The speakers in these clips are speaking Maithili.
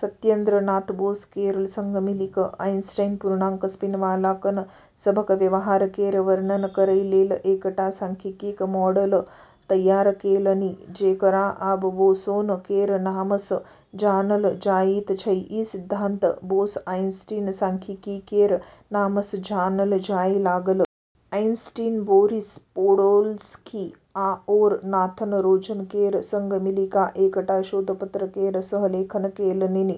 सत्येन्द्र नाथ बोस केर संग मिलि कऽ आइंस्टीन पूर्णांक स्पिनवाला कण सभक व्यवहार केर वर्णन करै लेल एकटा सांख्यिकीय मॉडल तैयार केलनि, जेकरा आब 'बोसोन' केर नामसँ जानल जाइत छै। ई सिद्धांत 'बोस-आइंस्टीन सांख्यिकी' केर नामसँ जानल जाए लागल। आइंस्टीन बोरिस पोडोल्स्की आओर नाथन रोजन केर संग मिलि कऽ एकटा शोध पत्र केर सह-लेखन केलनि,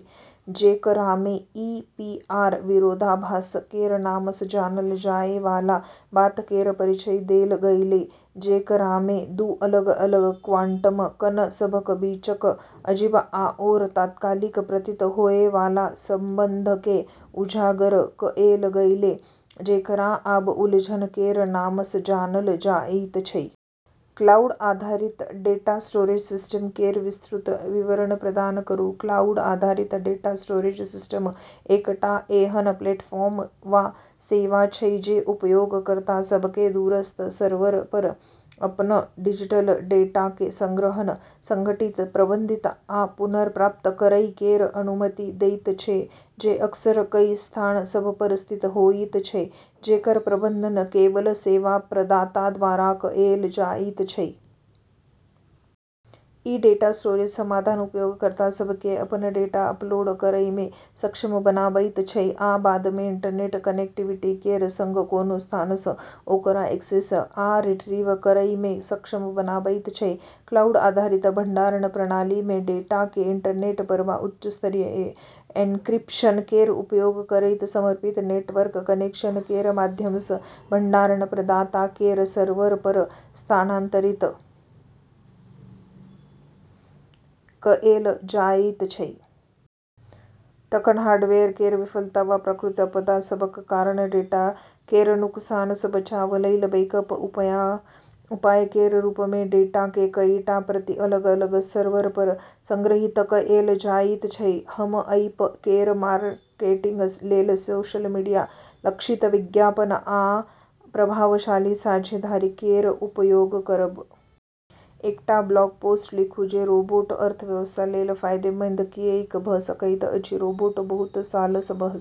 जेकरामे "ईपीआर विरोधाभास" केर नामसँ जानल जाएवाला बात केर परिचय देल गेलै, जेकरामे दू अलग-अलग क्वांटम कण सभक बीचक अजीब आओर तात्कालिक प्रतीत होएवाला संबंधकेँ उजागर कएल गेलै, जेकरा आब उलझन केर नामसँ जानल जाइत छै। क्लाउड आधारित डेटा स्टोरेज सिस्टम केर विस्तृत विवरण प्रदान करू। क्लाउड आधारित डेटा स्टोरेज सिस्टम एकटा एहन प्लेटफॉर्म वा सेवा छै जे उपयोगकर्ता सभकेँ दूरस्थ सर्वरपर अपन डिजिटल डेटाकेँ संग्रहण, संगठित, प्रबंधित आ पुनर्प्राप्त करै केर अनुमति दैत छै जे अक्सर कई स्थान सभपर स्थित होइत छै, जेकर प्रबंधन केवल सेवा प्रदाताद्वारा कएल जाइत छै। ई डेटा स्टोरेज समाधान उपयोगकर्ता सभकेँ अपन डेटा अपलोड करैमे सक्षम बनाबैत छै आ बादमे इंटरनेट कनेक्टिविटी केर संग कोनो स्थानसँ ओकरा एक्सेस आ रिट्रीव करैमे सक्षम बनाबैत छै। क्लाउड आधारित भंडारण प्रणालीमे, डेटाकेँ इंटरनेटपर वा उच्च स्तरीय एन्क्रिप्शन केर उपयोग करैत समर्पित नेटवर्क कनेक्शन केर माध्यमसँ भंडारण प्रदाता केर सर्वरपर स्थानांतरित कएल जाइत छै। तखन हार्डवेयर केर विफलता वा प्राकृतिक आपदा सभक कारण डेटा केर नुकसानसँ बचाव लेल बैकअप उपाय केर रूपमे डेटाकेँ कईटा प्रति अलग-अलग सर्वरपर संग्रहित कएल जाइत छै। हम ऐप केर मार्केटिंग लेल सोशल मीडिया, लक्षित विज्ञापन, आ प्रभावशाली साझेदारी केर उपयोग करब। एकटा ब्लॉग पोस्ट लिखू जे रोबोट अर्थव्यवस्था लेल फायदेमंद किऐक भऽ सकैत अछि। रोबोट बहुत सालसँ बहस।